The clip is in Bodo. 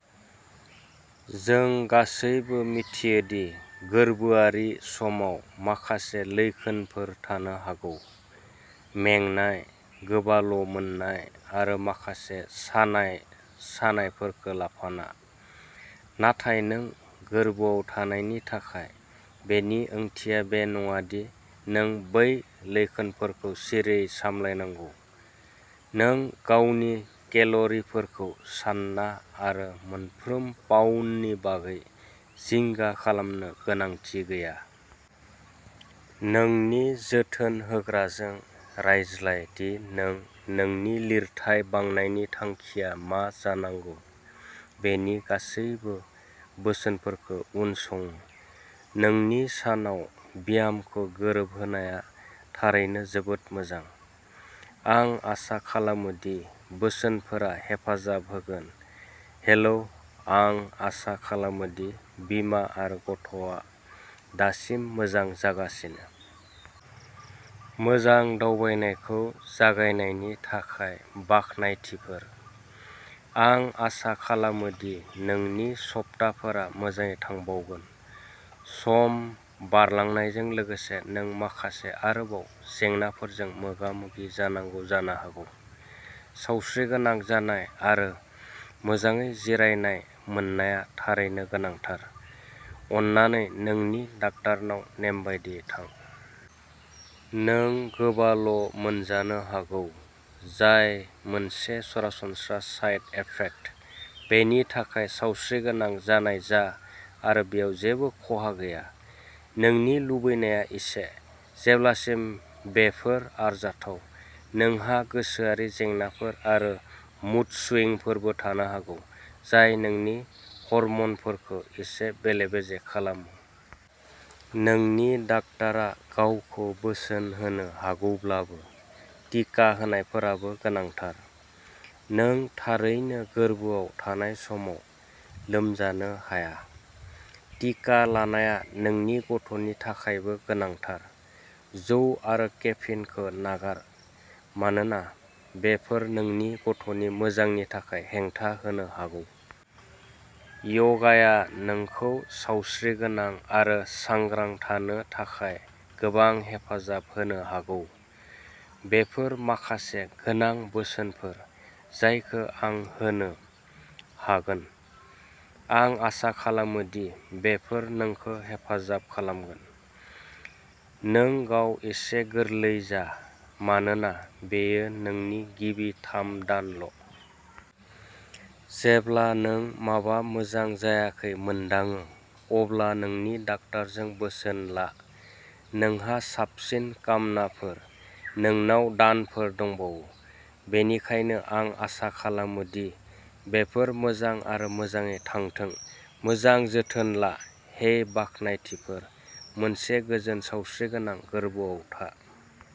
जों गासैबो मिथियो दि गोर्बोआरि समाव माखासे लैखोनफोर थानो हागौ। मेंनाय, गोबाल' मोननाय, आरो माखासे सानाय-सानायफोरखौ लाफाना। नाथाय नों गोर्बोआव थानायनि थाखाय, बेनि ओंथिया बे नङा दि नों बै लैखोनफोरखौ सिरिङै सामलायनांगौ। नों गावनि केल'रिफोरखौ सान्ना आरो मोनफ्रोम पाउन्दनि बागै जिंगा खालामनो गोनांथि गैया। नोंनि जोथोन होग्राजों रायज्लाय दि नों नोंनि लिरथाय बांनायनि थांखिआ मा जानांगौ बेनि गासैबो बोसोनफोरखौ उनसङो। नोंनि सानाव ब्यामखौ गोरोबहोनाया थारैनो जोबोद मोजां। आं आसा खालामो दि बोसोनफोरा हेफाजाब होगोन। हेलौ! आं आसा खालामो दि बिमा आरो गथ'आ दासिम मोजां जागासिनो! मोजां दावबायनायखौ जागायनायनि थाखाय बाख्नायथिफोर। आं आसा खालामो दि नोंनि सप्ताफोरा मोजाङै थांबावगोन। सम बारलांनायजों लोगोसे नों माखासे आरोबाव जेंनाफोरजों मोगा-मोगि जानांगौ जानो हागौ। सावस्रिगोनां जानाय आरो मोजाङै जिरायनाय मोननाया थारैनो गोनांथार। अन्नानै नोंनि डाक्टारनाव नेमबादियै थां। नों गोबाल' मोनजानो हागौ जाय मोनसे सरासनस्रा साइड एफेक्ट, बेनि थाखाय सावस्रिगोनां जानाय जा आरो बेयाव जेबो खहा गैया। नोंनि लुबैनाया एसे। जेब्लासिम बेफोर आरजाथाव। नोंहा गोसोआरि जेंनाफोर आरो मुड स्विंगफोरबो थानो हागौ, जाय नोंनि हर्मनफोरखौ एसे बेले-बेजे खालामो। नोंनि डाक्टारा गावखौ बोसोन होनो हागौब्लाबो, टिका होनायफोराबो गोनांथार। नों थारैनो गोर्बोआव थानाय समाव लोमजानो हाया। टिका लानाया नोंनि गथ'नि थाखायबो गोनांथार। जौ आरो केफिनखौ नागार मानोना बेफोर नोंनि गथ'नि मोजांनि थाखाय हेंथा होनो हागौ। य'गाया नोंखौ सावस्रिगोनां आरो सांग्रां थानो थाखाय गोबां हेफाजाब होनो हागौ। बेफोर माखासे गोनां बोसोनफोर जायखौ आं होनो हागोन। आं आसा खालामो दि बेफोर नोंखौ हेफाजाब होगोन। नों गाव एसे गोरलै जा मानोना बेयो नोंनि गिबि थाम-दानल'। जेब्ला नों माबा मोजां जायाखै मोनदाङो अब्ला नोंनि डाक्टारजों बोसोन ला। नोंहा साबसिन कामनाफोर। नोंनाव दानफोर दंबावो, बेनिखायनो आं आसा खालामो दि बेफोर मोजां आरो मोजाङै थांथों। मोजां जोथोन ला! हे, बाख्नायथिफोर!!! मोनसे गोजोन सावस्रिगोनां गोर्बोआव था।